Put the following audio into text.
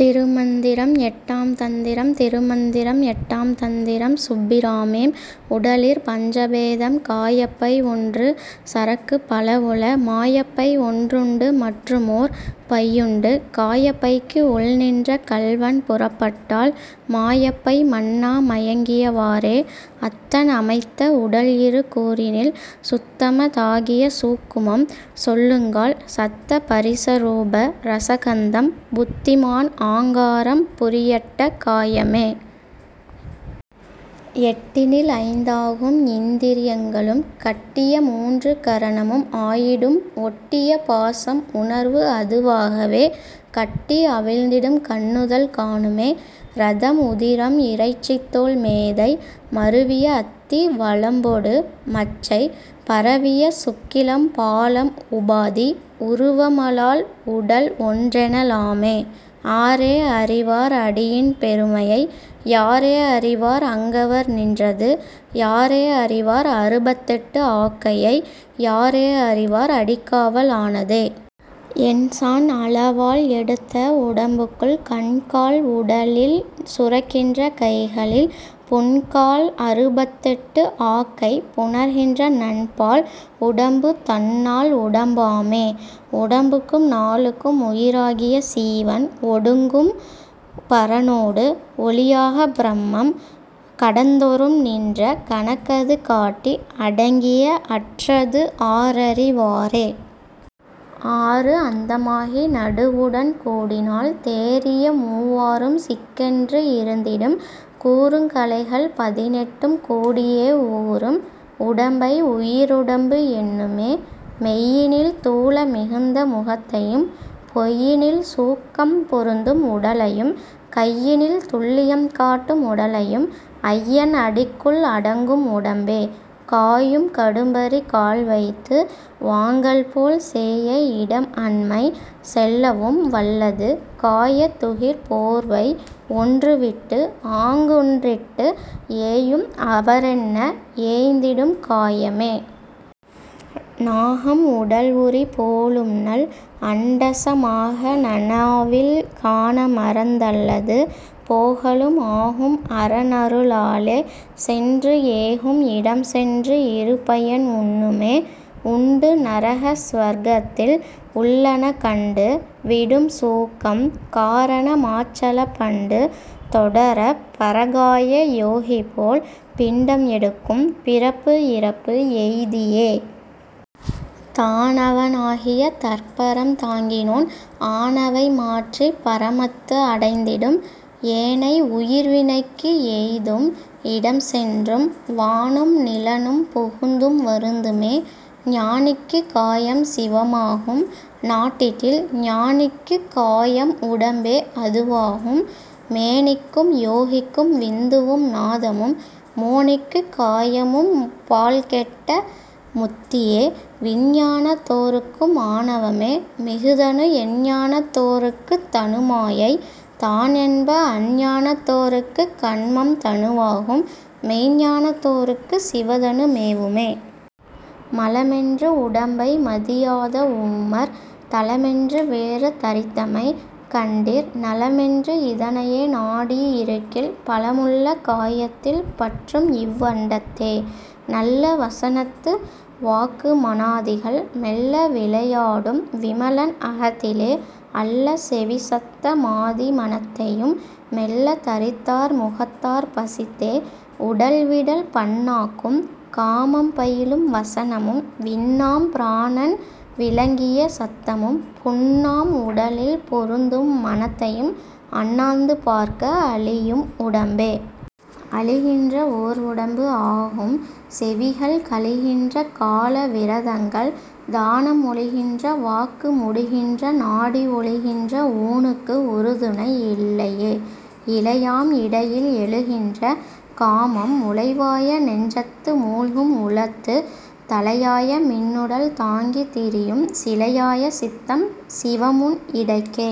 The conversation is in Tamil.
திருமந்திரம் எட்டாம் தந்திரம் திருமந்திரம் எட்டாம் தந்திரம் சுப்பிராமேம். உடலிற் பஞ்சபேதம் காயப்பை ஒன்று சரக்குப் பலவுள மாயப்பை ஒன்றுண்டு மற்றுமோர் பையுண்டு காயப்பைக்கு உள்நின்ற கள்வன் புறப்பட்டால் மாயப்பை மண்ணா மயங்கிய வாறே. அத்தன் அமைத்த உடல்இரு கூறினில் சுத்தம தாகிய சூக்குமம் சொல்லுங்கால் சத்த பரிச ரூப ரசகந்தம் புத்திமான் ஆங்காரம் புரியட்ட காயமே. எட்டினில் ஐந்தாகும் இந்திரி யங்களும் கட்டிய மூன்று கரணமும் ஆயிடும் ஒட்டிய பாசம் உணர்வுஅது வாகவே கட்டி அவிழ்ந்திடும் கண்ணுதல் காணுமே. இரதம் உதிரம் இறைச்சிதோல் மேதை மருவிய அத்தி வழும்பொடு மச்சை பரவிய சுக்கிலம் பாழாம் உபாதி உருவ மலால்உடல் ஒன்றென லாமே. ஆரே அறிவார் அடியின் பெருமையை யாரே அறிவார் அங்கவர் நின்றது யாரே அறிவார் அறுபத்தெட்டு ஆக்கையை யாரே அறிவார் அடிக்காவல் ஆனதே. எண்சாண் அளவால் எடுத்த உடம்புக்குள் கண்கால் உடலில் சுரக்கின்ற கைகளில் புண்கால் அறுபத்தெட்டு ஆக்கை புணர்கின்ற நண்பால் உடம்பு தன் னால் உடம் பாமே. உடம்புக்கும் நாலுக்கும் உயிராகிய சீவன் ஒடுங்கும் பரனோடு ஒழியாகப் பிரமம் கடந்தொறும் நின்ற கணக்கது காட்டி அடங்கியே அற்றது ஆரறி வாறே. ஆறுஅந்த மாகி நடுவுடன் கூடினால் தேறிய மூவாறும் சிக்கென்று இருந்திடும் கூறுங் கலைகள் பதினெட்டும் கூடியே ஊறும் உடம்பை உயிருடம்பு எண்ணுமே. மெய்யினில் தூல மிகுந்த முகத்தையும் பொய்யினில் சூக்கம் பொருந்தும் உடலையும் கையினில் துல்லியம் காட்டும் உடலையும் ஐயன் அடிக்குள் அடங்கும் உடம்பே. காயும் கடும்பரி கால்வைத்து வாங்கல் போல் சேய இடம்அண்மை செல்லவும் வல்லது காயத் துகிர் போர்வை ஒன்றுவிட்டு ஆங்குஒன்றிட்டு ஏயும் அவரென்ன ஏய்ந்திடும் காயமே. நாகம் உடல்உரி போலும்நல் அண்டச மாக நனாவில் கானாமறந் தல்லது போகலும் ஆகும் அரன்அரு ளாலே சென்று ஏகும் இடம்சென்று இருபயன் உண்ணுமே. உண்டு நரக சுவர்கத்தில் உள்ளன கண்டு விடும்சூக்கம் காரண மாச்செலப் பண்டு தொடரப் பரகாய யோகிபோல் பிண்டம் எடுக்கும் பிறப்பு இறப்பு எய்தியே. தான்அவ னாகிய தற்பரம் தாங்கினோன் ஆனவை மாற்றிப் பரமத்து அடைந்திடும் ஏனை உயிர்வினைக்கு எய்தும் இடம்சென்றும் வானும் நிலனும் புகுந்தும் வருந்துமே. ஞானிக்குக் காயம் சிவமாகும் நாட்டிடில் ஞானிக்குக் காயம் உடம்பே அதுவாகும் மேனிக்கும் யோகிக்கும் விந்துவும் நாதமும் மோனிக்குக் காயம்முப் பாழ்கெட்ட முத்தியே. விஞ்ஞானத் தோர்க்குஆ ணவமே மிகுதனு எஞ்ஞானத் தோர்க்குத் தனுமாயை தான்என்ப அஞ்ஞானத் தோர்க்குக் கன்மம் தனுவாகும் மெஞ்ஞானத் தோர்க்குச் சிவதனு மேவுமே. மலமென்று உடம்பை மதியாத ஊமர் தலமென்று வேறு தரித்தமை கண்டீர் நலமென்று இதனையே நாடி இருக்கில் பலமுள்ள காயத்தில் பற்றும்இவ் அண்டத்தே. நல்ல வசனத்து வாக்கு மனாதிகள் மெல்ல விளையாடும் விமலன் அகத்திலே அல்ல செவிசத்த மாதி மனத்தையும் மெல்ல தரித்தார் முகத்தார் பசித்தே., உடல்விடல் பண்ணாக்கும் காமம் பயிலும் வசனமும் விண்ணாம் பிராணன் விளங்கிய சத்தமும் புண்ணாம் உடலில் பொருந்தும் மனத்தையும் அண்ணாந்து பார்க்க அழியும் உடம்பே. அழிகின்ற ஓர் உடம்பு ஆகும் செவிகள் கழிகின்ற காலவ் விரதங்கள் தானம் மொழிகின்ற வாக்கு முடிகின்ற நாடி ஒழிகின்ற ஊனுக்கு உறுதுணை இல்லையே. இலையாம் இடையில் எழுகின்ற காமம் முலைவாய நெஞ்சத்து மூழ்கும் உளத்துத் தலையாய மின்னுடல் தாங்கித் திரியும் சிலையாய சித்தம் சிவமுன் இடைக்கே..